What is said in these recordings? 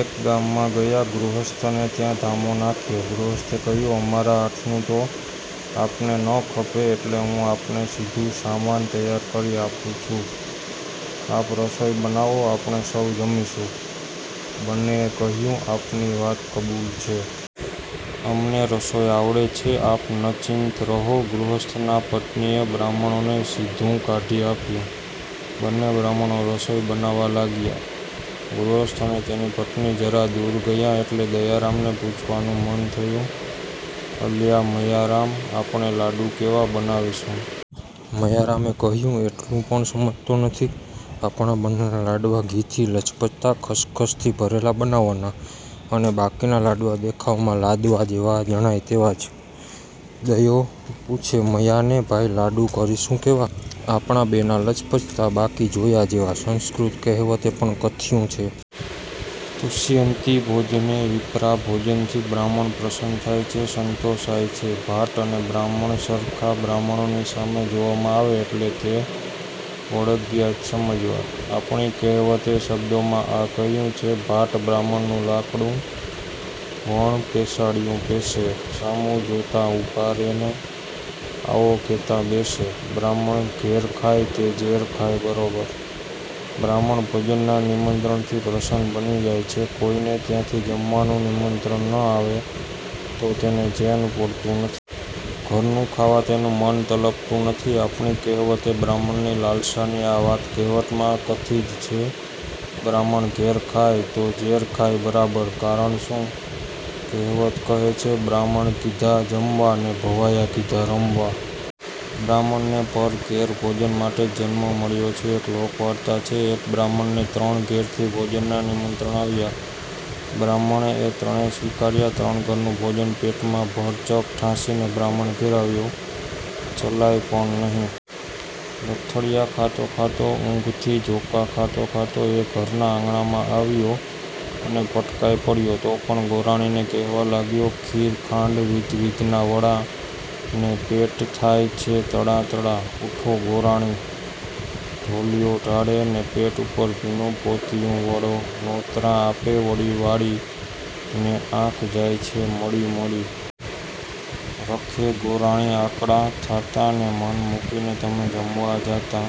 એક ગામમાં ગયા. ગૃહસ્થને ત્યાં ધામો નાખ્યો. ગૃહસ્થે કહ્યું અમારા હાથનું તો આપને ન ખપે એટલે હું આપને સીધુ સામાન તૈયાર કરી આપું છું. આપ રસોઈ બનાવો આપણે સૌ જમીશું. બન્નેએ કહ્યું 'આપની વાત કબૂલ છે. અમને રસોઈ આવડે છે. આપ નચિંત રહો. ગૃહસ્થના પત્નીએ બ્રાહ્મણોને સીધું કાઢી આપ્યું. બન્ને બ્રાહ્મણો રસોઈ બનાવવા લાગ્યા. ગૃહસ્થ અને તેની પત્ની જરા દૂર ગયાં એટલે દયારામને પૂછવાનું મન થયું અલ્યા મયારામ, આપણે લાડુ કેવા બનાવીશું? મયારામે કહ્યું એટલું પણ સમજતો નથી. આપણા બન્નેના લાડવા ઘીથી લચપચતા ખસખસથી ભરેલા બનાવવાના અને બાકીના લાડવા દેખાવમાં લાદવા જેવા જણાય તેવા જ. દયો પૂછે મયાને ભાઈ લાડુ કરીશું કેવા? આપણા બેના લચપચતા, બાકી જોયા જેવા, સંસ્કૃત કહેવતે પણ કથ્યું છે. તુષ્યન્તિ ભોજને વિપ્રા ભોજનથી બ્રાહ્મણ પ્રસન્ન થાય છે સંતોષાય છે. ભાટ અને બ્રાહ્મણ સરખા બ્રાહ્મણોની સામે જોવામાં આવે એટલે તે વળગ્યા જ સમજવા. આપણી કહેવતે શબ્દોમાં આ કહ્યું છે ભાટ બ્રાહ્મણનું લાકડું, વણ પેસાડ્યું પેસે; સામું જોતાં ઉભા રે' ને, આવો કે'તાં બેસે બ્રાહ્મણ ઘેર ખાય તે ઝેર ખાય બરોબર બ્રાહ્મણ ભોજનના નિમંત્રણથી પ્રસન્ન બની જાય છે કોઈને ત્યાંથી જમવાનું નિમંત્રણ ન આવે તો તેને ચેન પડતું નથી. ઘરનું ખાવા તેનું મન તલપતું નથી. આપણી કહેવતે બ્રાહ્મણની લાલસાની આ વાત કહેવતમાં કથી જ છે 'બ્રાહ્મણ ઘેર ખાય તો ઝેર ખાય બરાબર'કારણ શું? કહેવત કહે છે બ્રાહ્મણ કીધા જમવા ને ભવાયા કીધા રમવા. બ્રાહ્મણને પર ઘેર ભોજન માટે જ જન્મ મળ્યો છે. એક લોકવાર્તા છે. એક બ્રાહ્મણને ત્રણ ઘેરથી ભોજનના નિમંત્રણ આવ્યા. બ્રાહ્મણે એ ત્રણે સ્વીકાર્યા. ત્રણ ઘરનું ભોજન પેટમાં ભરચક ઠાંસીને બ્રાહ્મણ ઘેર આવ્યો. ચલાય પણ નહિ. લથડીયા ખાતો ખાતો ઊંઘથી ઝોકા ખાતો ખાતો એ ઘરના આંગણામાં આવ્યો અને પટકાઈ પડ્યો. તો પણ ગોરાણીને કહેવા લાગ્યો: ખીર ખાંડ વિધવિધના વડાં ને પેટ થાય છે તડાં તડાં ઊઠો ગોરાણી ઢોલીઓ ઢાળે, ને પેટ ઉપર ભીનું પોતીઉં વળો નોતરાં આપે વળી વાળી, ને આંખ જાય છે મળી મળી. રખે ગોરાણી આકળાં થાતાં, ને મને મૂકીને તમે જમવા જાતાં.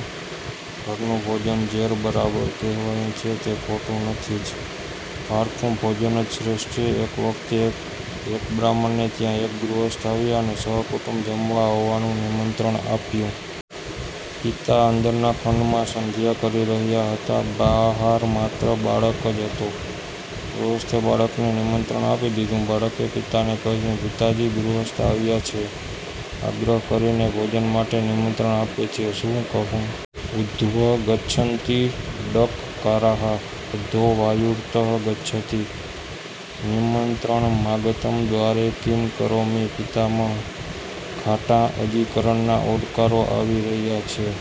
'ઘરનું ભોજન ઝેર બરાબર' કહેવાયું છે તે ખોટું નથી જ. પારકું ભોજન જ શ્રેષ્ઠ છે. એક વખતે એક એક બ્રાહ્મણને ત્યાં એક ગૃહસ્થ આવ્યા અને સહકુટુંબ જમવા આવવાનું નિમંત્રણ આપ્યું. પિતા અંદરના ખંડમાં સંધ્યા કરી રહ્યા હતા. બહાર માત્ર બાળક જ હતો. ગૃહસ્થે બાળકને નિમંત્રણ આપી દીધું. બાળકે પિતાને કહ્યું પિતાજી! ગૃહસ્થ આવ્યા છે. આગ્રહ કરીને ભોજન માટે નિમંત્રણ આપે છે. શું કહું? ઉધ્વ ગચ્છન્તિ ડકકારા: અધો વાયુર્ત ગચ્છતિ। નિમંત્રણમાગતં દ્વારે કિં કરોમિ પિતામહ॥ ખાટાં અજીકરણના ઓડકારો આવી રહ્યાં છે.